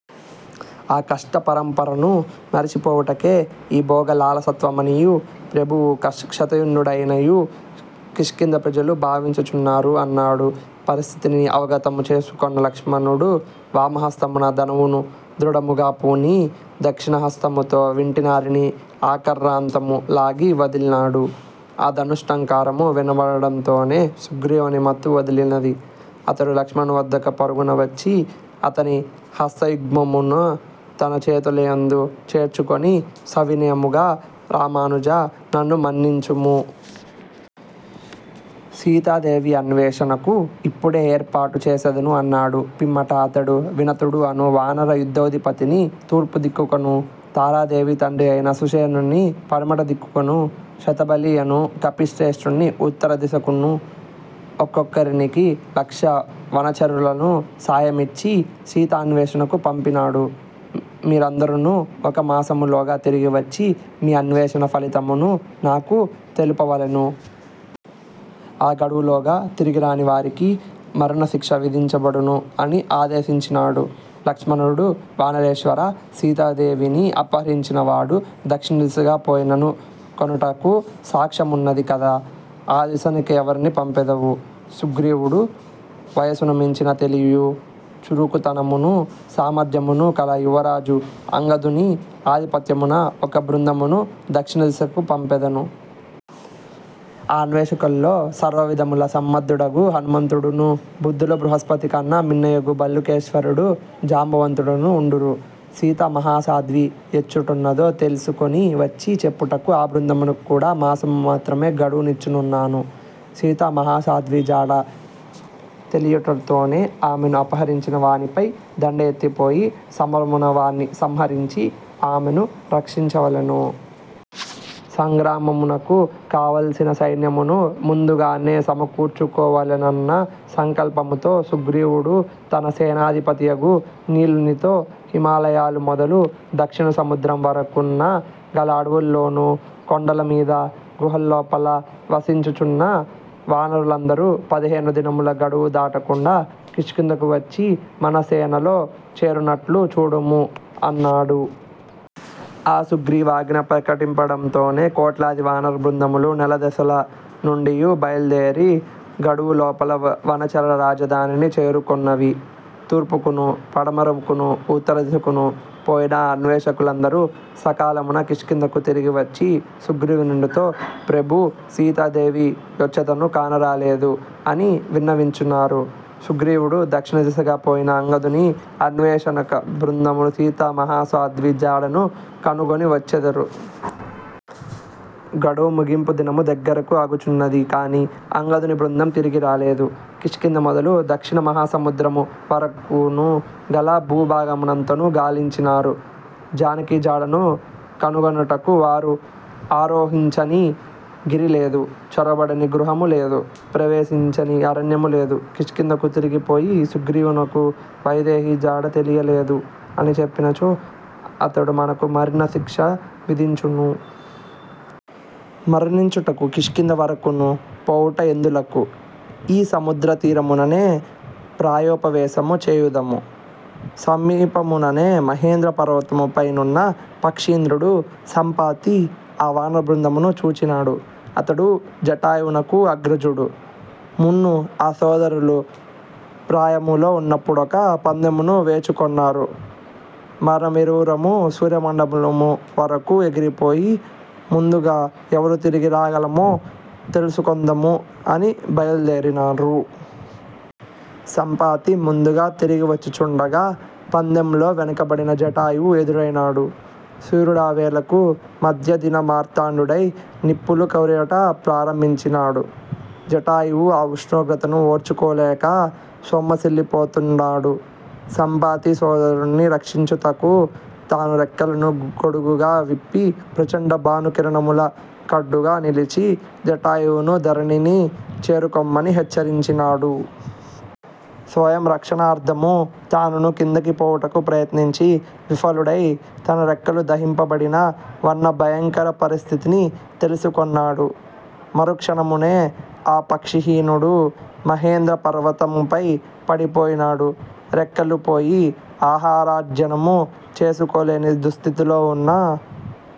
ఆ కష్టపరంపరను మరచిపోవుటకే ఈ భోగ లాలసత్వమనియూ, ప్రభువు కక్షంతవ్యుడనియూ కిష్కింధ ప్రజలు భావించుచున్నారు అన్నాడు. పరిస్థితిని అవగతము చేసికొన్న లక్ష్మణుడు వామహస్తమున ధనువును దృఢముగ పూని దక్షిణహస్తముతో వింటినారిని ఆకర్నాంతము లాగి వదలినాడు. ఆ ధనుష్టంకారము వినబడుటతోనే సుగ్రీవుని మత్తు వదలినది. అతడు లక్ష్మణ వద్దకు పరుగున వచ్చి అతని హస్తయుగ్మమును తన చేతులయందు చేర్చుకొని సవినయముగ రామానుజా, నన్ను మన్నించుము. సీతాదేవి అన్వేషణకు ఇప్పుడే ఏర్పాటు చేసెదను అన్నాడు పిమ్మట అతడు వినతుడు అను వానర యూథౌధిపతిని తూర్పుదిక్కు నకునూ తారాదేవి తండ్రియైన సుషేణు ని పడమటి దిక్కుకును 'శతబలి' యను కపిశ్రేష్ఠుని ఉత్తరదిశకును ఒక్కొక్కనికినీ లక్ష వనచరులను సాయమిచ్చి సీతాన్వేషణకు పంపినాడు. మీరందరునూ ఒక మాసములోగా తిరిగి వచ్చి మీ అన్వేషణ ఫలితముణు నాకు తెలుపవలెను. ఆ గడువులోగా తిరిగిరాని వారికి మరణశిక్ష విధించబడును అని ఆదేశించినాడు. లక్ష్మణుడు వానరేశ్వరా సీతాదేవిని అపహరించినవాడు దక్షిణదిశగా పోయెనను కొనుటకు సాక్ష్యమున్నది కదా. ఆ దిశకెవ్వరిని పంపెదవు? సుగ్రీవుడు వయసును మించిన తెలివియూ చురుకుతనమునూ, సామర్ధ్యమునూ కల యువరాజు అంగదుని ఆధిపత్యమున ఒక బృందమును దక్షిణదిశకు పంపెదను. ఆ అన్వేషకుల్లో సర్వవిధముల సమర్ధుడగు హనుమంతుడునూ బుద్దిలో బృహస్పతి కన్న మిన్నయగు భల్లుకేశ్వరుడు జాంబవంతుడునూ ఉండురు. సీతా మహాసాధ్వి ఎచ్చటనున్నదో తెలిసికొని వచ్చి చెప్పుటకు ఆ బృందమునకు కూడ మాసము మాత్రమే గడువు నిచ్చుచున్నాను. సీతా మాహాసాద్వి జాడ తెలియుటతోనే ఆమెను అపహరించిన వానిపైకి దండెత్తిపోయి సమరమున వానిని సంహరించి ఆమెను రక్షించవలెను. సంగ్రామమునకు కావలసిన సైన్యమును ముందుగానే సమకూర్చుకొవలెనన్న సంకల్పముతో సుగ్రీవుడు తన సేనాధిపతియగు నీలునితో హిమాలయలు మొదలు దక్షిణ సముద్రము వరకును గల అడవులలోనూ కొండల మీదా గుహల లోపలా వసించుచున్న వానరులందరూ పదిహేను దినముల గడువు దాటకుండ కిష్కింధకు వచ్చి మన సేనలో చేరునట్లు చూడుము అన్నాడు. ఆ సుగ్రీవాజ్ఞ ప్రకటింపడంతోనే కోట్లాది వానర బృందములు నలదెసల నుండియు బయలుదేరి గడువు లోపల వనచర రాజధానిని చేరుకొన్నవి. తూర్పుకును పడమరకును ఉత్తరదిశకును పోయిన అన్వేషకులందరు సకాలమున కిష్కింధకు తిరిగివచ్చి సుగ్రీవునితో ప్రభూ సీతాదేవి యెచ్చతను కానరాలేదు అని విన్నవించినారు. సుగ్రీవుడు దక్షిణదిశగా పోయిన అంగదుని అన్వేషనక బృందము సీతా మహాసాధ్వి జాడను కనుగొని వచ్చెదరు. గడువు ముగింపు దినము దగ్గరకు అగుచున్నది కాని అంగదుని బృందము తిరిగి రాలేదు. కిష్కింధ మొదలు దక్షిణ మహాసముద్రము వరకును గల భూ భాగమునంతనూ గాలించినారు. జానకి జాడను కనుగొనుటకు వారు ఆరోహించని గిరి లేదు. చొరబడని గృహము లేదు; ప్రవేశించని అరణ్యము లేదు కిష్కింధకు తిరిగిపోయి సుగ్రీవునకు 'వైదేహి జాడ తెలియలేదు' అని చెప్పినచో ఆతడు మనకు మరణశిక్ష విధించును. మరణించుటకు కిష్కింధ వరకును పోవుట ఎందులకు? ఈ సముద్ర తీరముననె ప్రాయోపవేశము చేయుదము. సమీపముననె మహేంద్రా పర్వతముపై నున్న పక్షీంద్రుడు 'సంపాతి' ఆ వానర బృందమును చూచినాడు. అతడు జటాయువునకు అగ్రజుడు. మున్ను ఆ సోదరులు ప్రాయములో ఉన్నప్పుడొక పందెమును వేచుకొన్నారు. మనమిరువురము సూర్యమండలము వరకును ఎగిరిపోయి ముందుగా ఎవరు తిరిగి రాగలమో తెలిసికొందము అని బయలుదేరినారు. సంపాతి ముందుగా తిరిగివచ్చుచుండగా పందెములో వెనుకబడిన జటాయువు ఎదురైనాడు. సూర్యుడావేళకు మధ్య దిన మార్తాండుడై నిప్పులు కురియుట ప్రారంభించినాడు. జటాయువు ఆ ఉష్ణోగ్రతను ఓర్చుకొలేక సొమ్మసిల్లినాడు. సంపాతి సోదరుని రక్షించుతాకు తన రెక్కలను గొడుగుగా విప్పి ప్రచండ భానుకిరణముల కడ్డుగా నిలిచి జటాయువును ధరణిని చేరుకొమ్మని హెచ్చరించినాడు. స్వయం రక్షణార్ధము తానునూ కిందికి పోవుటకు ప్రయత్నించి విఫలుడై తన రెక్కలు దహింపబడిన వన్న భయంకర పరిస్థితిని తెలిసికొన్నాడు. మరుక్షణముననే ఆ పక్షహీనుడు మహేంద్ర పర్వతముపై పడిపోయినాడు. రెక్కలు పోయి ఆహారార్జనను చేసుకొలేని దుస్థితిలో ఉన్న